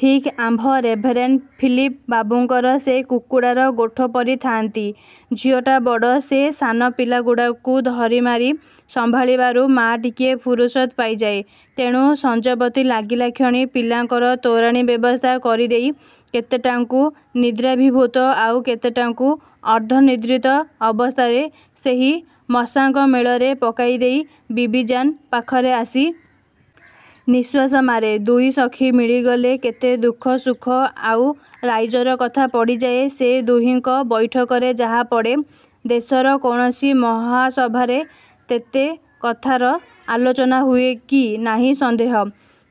ଠିକ୍ ଆମ୍ଭ reverend Philip ବାବୁଙ୍କର ସେ କୁକୁଡ଼ାର ଗୋଠ ପରି ଥାନ୍ତି। ଝିଅଟା ବଡ଼ ସେ ସାନ ପିଲାଗୁଡ଼ାକୁ ଧରିମାରି ସମ୍ଭାଳିବାରୁ ମା' ଟିକିଏ ଫୁରୁସତ ପାଇଯାଏ। ତେଣୁ ସଞ୍ଜବତି ଲାଗିଲାକ୍ଷଣି ପିଲାଙ୍କର ତୋରାଣୀ ବ୍ୟବସ୍ଥା କରିଦେଇ କେତେଟାଙ୍କୁ ନିଦ୍ରାଭିଭୂତ ଆଉ କେତେଟାଙ୍କୁ ଅର୍ଦ୍ଧନିଦ୍ରିତ ଅବସ୍ଥାରେ ସେହି ମଶାଙ୍କ ମେଳରେ ପକାଇଦେଇ ବିବିଜାନ୍ ପାଖରେ ଆସି। ନିଶ୍ୱାସ ମାରେ। ଦୁଇ ସଖୀ ମିଳିଗଲେ କେତେ ଦୁଃଖ ସୁଖ, ଆଉ ରାଇଜର କଥା ପଡ଼ିଯାଏ-। ସେ ଦୁହିଙ୍କ ବୈଠକରେ ଯାହା ପଡ଼େ, ଦେଶର କୌଣସି ମହାସଭାରେ ତେତେ କଥାର ଆଲୋଚନା ହୁଏ କି ନାହିଁ ସନ୍ଦେହ!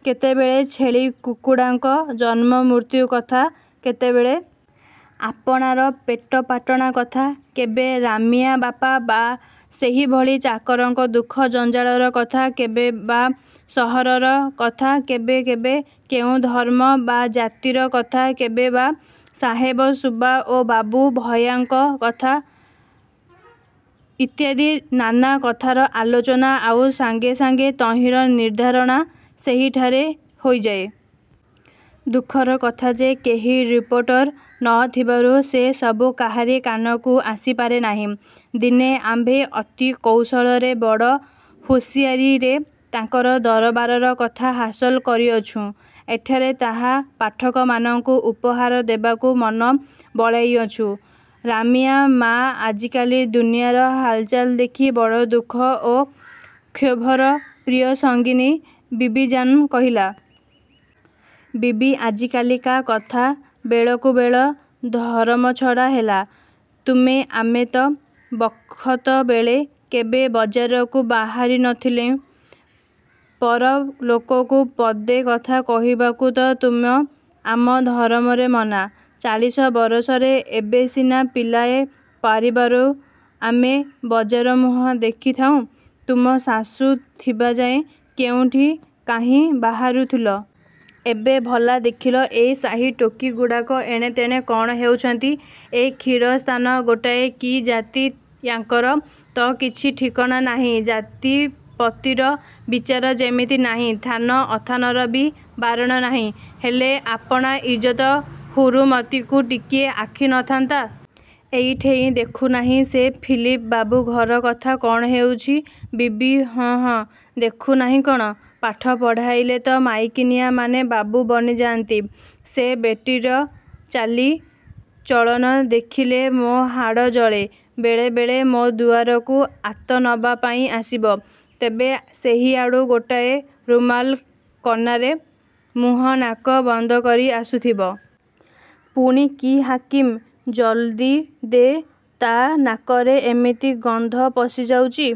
କେତେବେଳେ ଛେଳି କୁକୁଡ଼ାଙ୍କ ଜନ୍ମମୃତ୍ୟୁ କଥା କେତେବେଳେ ଆପଣାର ପେଟପାଟଣା କଥା କେବେ ରାମିଆ ବାପା ବା ସେହିଭଳି ଚାକରଙ୍କ ଦୁଃଖ ଜଞ୍ଜାଳର କଥା କେବେ ବା ସହରର କଥା କେବେ କେବେ କେଉଁ ଧର୍ମ ବା ଜାତିର କଥା କେବେ ବା ସାହେବ ସୁବା ଓ ବାବୁ ଭୟାଙ୍କ କଥା ଇତ୍ୟାଦି ନାନା କଥାର ଆଲୋଚନା ଆଉ ସାଙ୍ଗେ ସାଙ୍ଗେ ତହିଁର ନିର୍ଦ୍ଧାରଣ ସେହିଠାରେ ହୋଇଯାଏ। ଦୁଃଖର କଥା ଯେ, କେହି ରିପୋର୍ଟର ନ ଥିବାରୁ ସେ ସବୁ କାହାରି କାନକୁ ଆସିପାରେ ନାହିଁ। ଦିନେ ଆମ୍ଭେ ଅତି କୌଶଳରେ ବଡ଼ ହୁସିଆରୀରେ ତାଙ୍କର ଦରବାରର କଥା ହାସଲ୍ କରିଅଛୁଁ। ଏଠାରେ ତାହା ପାଠକମାନଙ୍କୁ ଉପହାର ଦେବାକୁ ମନ ବଳାଇଅଛୁଁ। ରାମିଆ ମା' ଆଜିକାଲି ଦୁନିଆର ହାଲଚାଲ ଦେଖି ବଡ଼ ଦୁଃଖ ଓ କ୍ଷୋଭର ପ୍ରିୟସଙ୍ଗିନୀ ବିବିଜାନ୍କୁ କହିଲା. ''ବିବି, ଆଜିକାଲିକା କଥା ବେଳକୁବେଳ ଧରମଛଡ଼ା ହେଲା। ତୁମେ ଆମେ ତ ବଖତବେଳେ କେବେ ବଜାରକୁ ବାହାରି ନ ଥିଲେଇଁ। ପର ଲୋକକୁ ପଦେ କଥା କହିବାକୁ ତ ତୁମ ଆମ ଧରମରେ ମନା। ଚାଳିଶ ବରଷରେ ଏବେ ସିନା ପିଲାଏ ପାରିବାରୁ ଆମେ ବଜାରମୁହଁ ଦେଖୁଥାଇଁ ତୁମ ଶାଶୁ ଥିବାଯାଏ କୋଉଁଠି କାହିଁ ବାହାରୁଥିଲ? ଏବେ ଭଲା ଦେଖିଲ, ଏ ସାହି ଟୋକିଗୁଡ଼ାକ ଏଣେତେଣେ କଣ ହଉଛନ୍ତି! ଏ ଖୀରସ୍ତାନ ଗୋଟାଏ କି ଜାତି ୟାଙ୍କର ତ କିଛି ଠିକଣା ନାହିଁ ଜାତିପତିର ବିଚାର ଯେମିତି ନାହିଁ ଥାନ ଅଥାନର ବି ବାରଣ ନାହିଁ। ହେଲେ ଆପଣା ଇଜତ ହୁରୁମତକୁ ଟିକିଏ ଆଖି ନଥାନ୍ତା! ଏଇଠେଇଁ ଦେଖୁନାହଁ, ସେ ଫିଲିପ ବାବୁ ଘର କଥା କଣ ହେଉଛି! ବିବି- ହଁ ହଁ, ଦେଖୁନାହିଁ କଣ? ପାଠ ପଢ଼ାଇଲେ ତ ମାଇକିନିଆମାନେ ବାବୁ ବନିଯାନ୍ତି। ସେ ବେଟୀର ଚାଲି ଚଳଣ ଦେଖିଲେ ମୋ ହାଡ଼ ଜଳେ। ବେଳେବେଳେ ମୋ ଦୁଆରକୁ ଆତ ନବା ପାଇଁ ଆସିବ, ତେବେ ସେହିଆଡୁ ଗୋଟାଏ ରୁମାଲ କନାରେ ମୁହଁ ନାକ ବନ୍ଦ କରି ଆସୁଥିବ। ପୁଣି କି ହାକିମି! ଜଲଦି ଦେ ତା ନାକରେ ଏମିତି ଗନ୍ଧ ପଶିଯାଉଛି!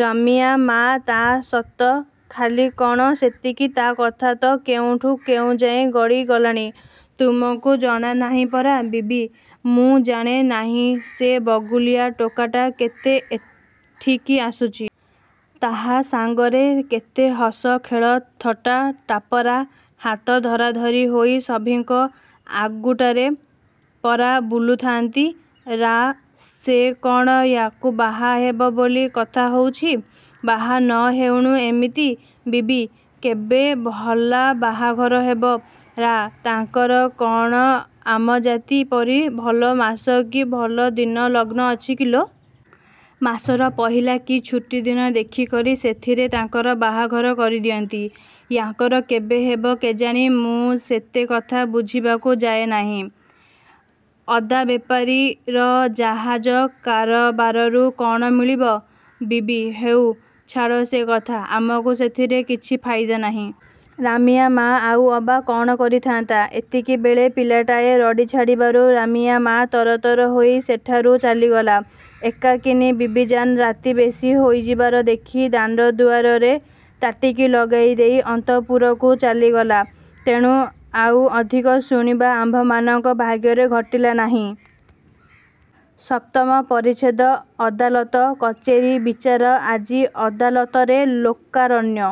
ରାମିଆ ମା' ତା ସତ, ଖାଲି କଣ ସେତିକି ତା କଥା ତ କେଉଁଠୁ କେଉଁଯାଏ ଗଡ଼ି ଗଲାଣି। ତୁମକୁ ଜଣା ନାହିଁ ପରା? ବିବି- ମୁଁ ଜାଣେ ନାହିଁ ସେ ବଗୁଲିଆ ଟୋକାଟା କେତେ ଏଠିକି ଆସୁଛି। ତାହା ସାଙ୍ଗରେ କେତେ ହସ ଖେଳ ଥଟା ଟାପରା। ହାତ ଧରାଧରି ହୋଇ ସଭିଁଙ୍କ ଆଗୁଟାରେ ପରା ବୁଲୁଥାନ୍ତି। ରା- ସେ କଣ ୟାକୁ ବାହା ହବ ବୋଲି କଥା ହଉଛି। ବାହା ନ ହଉଣୁ ଏମିତି! ବିବି- କେବେ ଭଲା ବାହାଘର ହେବ? ରା- ତାଙ୍କର କଣ ଆମ ଜାତି ପରି ଭଲ ମାସ କି ଭଲ ଦିନ ଲଗ୍ନ ଅଛି କି ଲୋ? ମାସର ପହିଲା କି ଛୁଟି ଦିନ ଦେଖିକରି ସେଥିରେ ତାଙ୍କର ବାହାଘର କରିଦିଅନ୍ତି। ୟାଙ୍କର କେବେ ହେବ କେଜାଣି ମୁଁ ସେତେ କଥା ବୁଝିବାକୁ ଯାଏ ନାହିଁ। ଅଦାବେପାରୀର ଜାହାଜ କାରବାରରୁ କଣ ମିଳିବ? ବିବି- ହେଉ, ଛାଡ଼ ସେ କଥା, ଆମକୁ ସେଥିରୁ କିଛି ଫାଇଦା ନାହିଁ। ରାମିଆ ମା' ଆଉ ଅବା କଣ କହିଥାନ୍ତା, ଏତିକିବେଳେ ପିଲାଟାଏ ରଡ଼ି ଛାଡ଼ିବାରୁ ରାମିଆ ମା' ତରତର ହୋଇ ସେଠାରୁ ଚାଲିଗଲା। ଏକାକିନୀ ବିବିଜାନ୍ ରାତି ବେଶି ହୋଇଯିବାର ଦେଖି ଦାଣ୍ଡ ଦୁଆରରେ ତାଟିକି ଲଗାଇଦେଇ ଅନ୍ତଃପୁରକୁ ଚାଲି ଗଲା। ତେଣୁ ଆଉ ଅଧିକ ଶୁଣିବା ଆମ୍ଭମାନଙ୍କ ଭାଗ୍ୟରେ ଘଟିଲା ନାହିଁ। ସପ୍ତମ ପରିଚ୍ଛେଦ ଅଦାଲତ କଚେରି-ବିଚାର ଆଜି ଅଦାଲତରେ ଲୋକାରଣ୍ୟ।